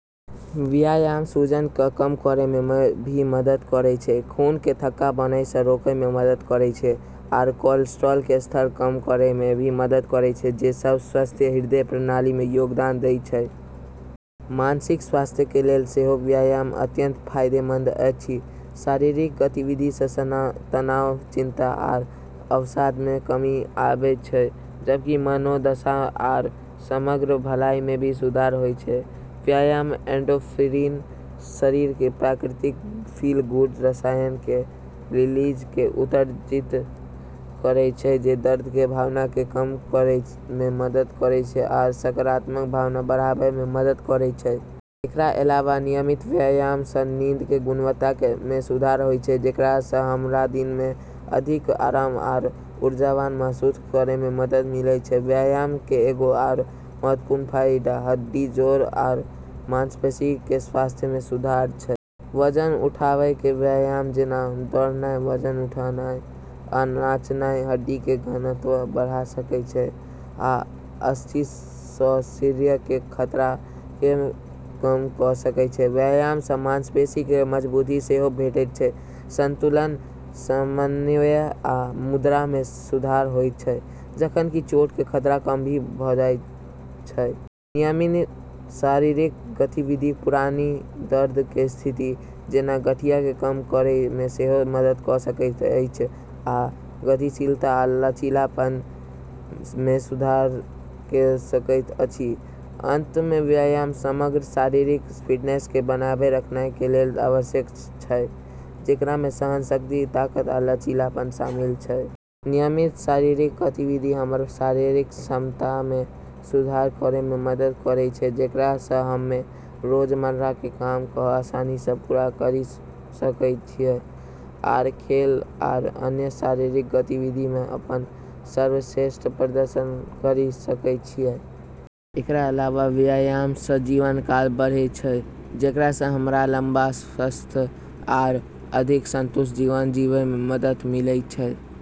व्यायाम सूजन क कम करै मे भी मदद करै छै, खून के थक्का बनै स रोकै मे मदद करै छै, आरू कोलेस्ट्रॉल के स्तर कम करै मे भी मदद करै छै, जे सब स्वस्थ हृदय प्रणाली मे योगदान दै छै। मानसिक स्वास्थ्य के लेल सेहो व्यायाम अत्यंत फायदेमंद अछि। शारीरिक गतिविधि स तनाव, चिंता, आरू अवसाद मे कमी आबै छै, जबकि मनोदशा आरू समग्र भलाई मे भी सुधार होय छै। व्यायाम एंडोर्फिन – शरीर के प्राकृतिक "फील गुड" रसायन – के रिलीज क उत्तेजित करै छै जे दर्द के भावना क कम करै मे मदद करै छै आरू सकारात्मक भावना बढ़ाबै मे मदद करै छै। एकरा अलावा नियमित व्यायाम स नींद के गुणवत्ता मे सुधार होय छै, जेकरा स हमरा दिन मे अधिक आराम आरू ऊर्जावान महसूस करै मे मदद मिलै छै। व्यायाम के एगो आरू महत्वपूर्ण फायदा हड्डी, जोड़ आरू मांसपेशी के स्वास्थ्य मे सुधार छै। वजन उठावय के व्यायाम, जेना दौड़नाय, वजन उठानाय, आ नाचनाय, हड्डी के घनत्व बढ़ा सकै छै आ अस्थिसौषिर्य के खतरा के कम क सकै छै। व्यायाम सं मांसपेशी के मजबूती सेहो भेटैत छै, संतुलन, समन्वय आ मुद्रा मे सुधार होयत छै, जखन कि चोट के खतरा कम भ जायत छै। नियमित शारीरिक गतिविधि पुरानी दर्द के स्थिति, जेना गठिया के कम करै मे सेहो मदद क सकै छै, आ गतिशीलता आ लचीलापन मे सुधार क सकै छै। अंत मे, व्यायाम समग्र शारीरिक फिटनेस के बनाए रखनाय के लेल आवश्यक छै, जेकरा मे सहनशक्ति, ताकत आ लचीलापन शामिल छै। नियमित शारीरिक गतिविधि हमर शारीरिक क्षमता मे सुधार करै मे मदद करै छै, जेकरा स हम्में रोजमर्रा के काम क आसानी स पूरा करी सकै छियै आरू खेल आरू अन्य शारीरिक गतिविधि मे अपन सर्वश्रेष्ठ प्रदर्शन करी सकै छियै। एकरा अलावा व्यायाम स जीवन काल बढ़ै छै, जेकरा स हमरा लम्बा, स्वस्थ आरू अधिक संतुष्ट जीवन जीबै मे मदद मिलै छै।